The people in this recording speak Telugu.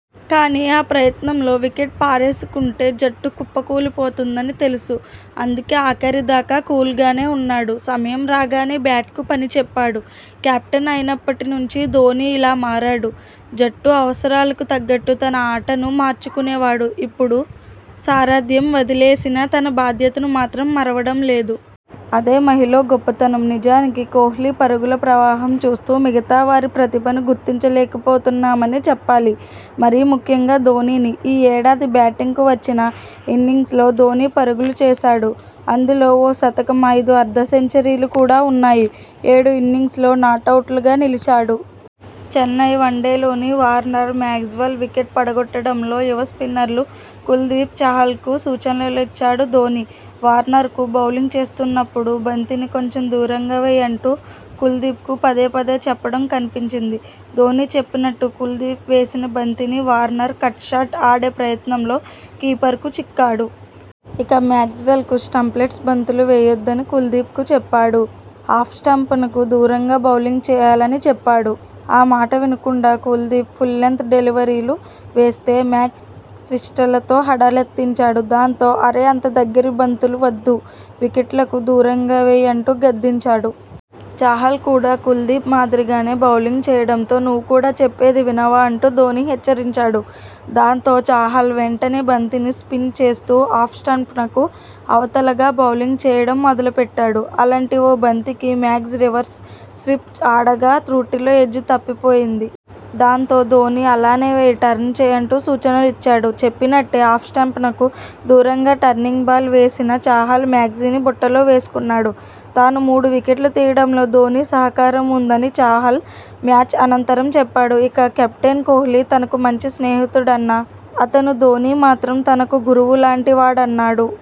కానీ, ఆ ప్రయత్నంలో వికెట్ పారేసుకుంటే జట్టు కుప్పకూలుతుందని తెలుసు. అందుకే ఆఖరి దాకా కూల్గానే ఉన్నాడు! సమయం రాగానే బ్యాట్కు పని చెప్పాడు. కెప్టెన్ అయినప్పటి నుంచి ధోనీ ఇలా మారాడు. జట్టు అవసరాలకు తగ్గట్టు తన ఆటను మార్చుకునేవాడు. ఇప్పుడు సారథ్యం వదిలేసినా తన బాధ్యతను మాత్రం మరవడం లేదు. అదే మహీలో గొప్పతనం. నిజానికి కోహ్లీ పరుగుల ప్రవాహం చూస్తూ మిగతా వారి ప్రతిభను గుర్తించలేకపోతున్నామనే చెప్పాలి. మరీ ముఖ్యంగా ధోనీని. ఈ ఏడాది బ్యాటింగ్కు వచ్చిన ఇన్నింగ్స్ల్లో ధోనీ పరుగులు చేశాడు. అందులో ఓ శతకం, ఐదు అర్ధ సెంచరీలు కూడా ఉన్నాయి. ఏడు ఇన్నింగ్స్ల్లో నాటౌట్గా నిలిచాడు. చెన్నై వన్డేలోనూ వార్నర్, మాక్స్వెల్ వికెట్లు పడగొట్టడంలో యువ స్పిన్నర్లు కుల్దీప్, చాహల్కు సూచనలిచ్చాడు ధోనీ. వార్నర్కు బౌలింగ్ చేస్తున్నప్పుడు 'బంతిని కొంచెం దూరంగా వెయ్' అంటూ కుల్దీప్కు పదే పదే చెప్పడం కనిపించింది. ధోనీ చెప్పినట్టు కుల్దీప్ వేసిన బంతిని వార్నర్ కట్ షాట్ ఆడే ప్రయత్నంలో కీపర్కు చిక్కాడు. ఇక, మ్యాక్స్వెల్కు స్టంప్స్పై బంతులు వేయొద్దని కుల్దీప్కు చెప్పాడు. ఆఫ్ స్టంప్నకు దూరంగా బౌలింగ్ చేయాలని చెప్పాడు. ఆ మాట వినకుండా కుల్దీప్ ఫుల్లెంగ్త్ డెలివరీలు వేస్తే మాక్సీ స్వీప్షాట్లతో హడలెత్తించాడు. దాంతో, 'అరే అంత దగ్గరి బంతులు వద్దు వికెట్లకు దూరంగా వెయ్' అంటు గద్దించాడు. చాహల్ కూడా కుల్దీప్ మాదిరిగానే బౌలింగ్ చేయడంతో 'నువ్వు కూడా చెప్పేది వినవా? ' అంటూ ధోనీ హెచ్చరించాడు. దాంతో, చాహల్ వెంటనే బంతిని స్పిన్ చేస్తూ ఆఫ్ స్టంప్నకు అవతలగా బౌలింగ్ చేయడం మొదలుపెట్టాడు. అలాంటి ఓ బంతికి మాక్సీ రివర్స్ స్వీప్ ఆడగా తృటిలో ఎడ్జ్ తప్పిపోయింది. దాంతో, ధోనీ 'అలానే వెయ్ టర్న్ చెయ్' అంటూ సూచనలు ఇచ్చాడు. చెప్పినట్టే ఆఫ్ స్టంప్నకు దూరంగా టర్నింగ్ బాల్ వేసిన చాహల్ మాక్సీని బుట్టలోవేసుకున్నాడు. తాను మూడు వికెట్లు తీయడంలో ధోనీ సహకారం ఉందని చాహల్ మ్యాచ్ అనంతరం చెప్పాడు. ఇక, కెప్టెన్ కోహ్లీ తనకు మంచి స్నేహితుడన్న అతను ధోనీ మాత్రం తనకు గురువులాంటి వాడన్నాడు.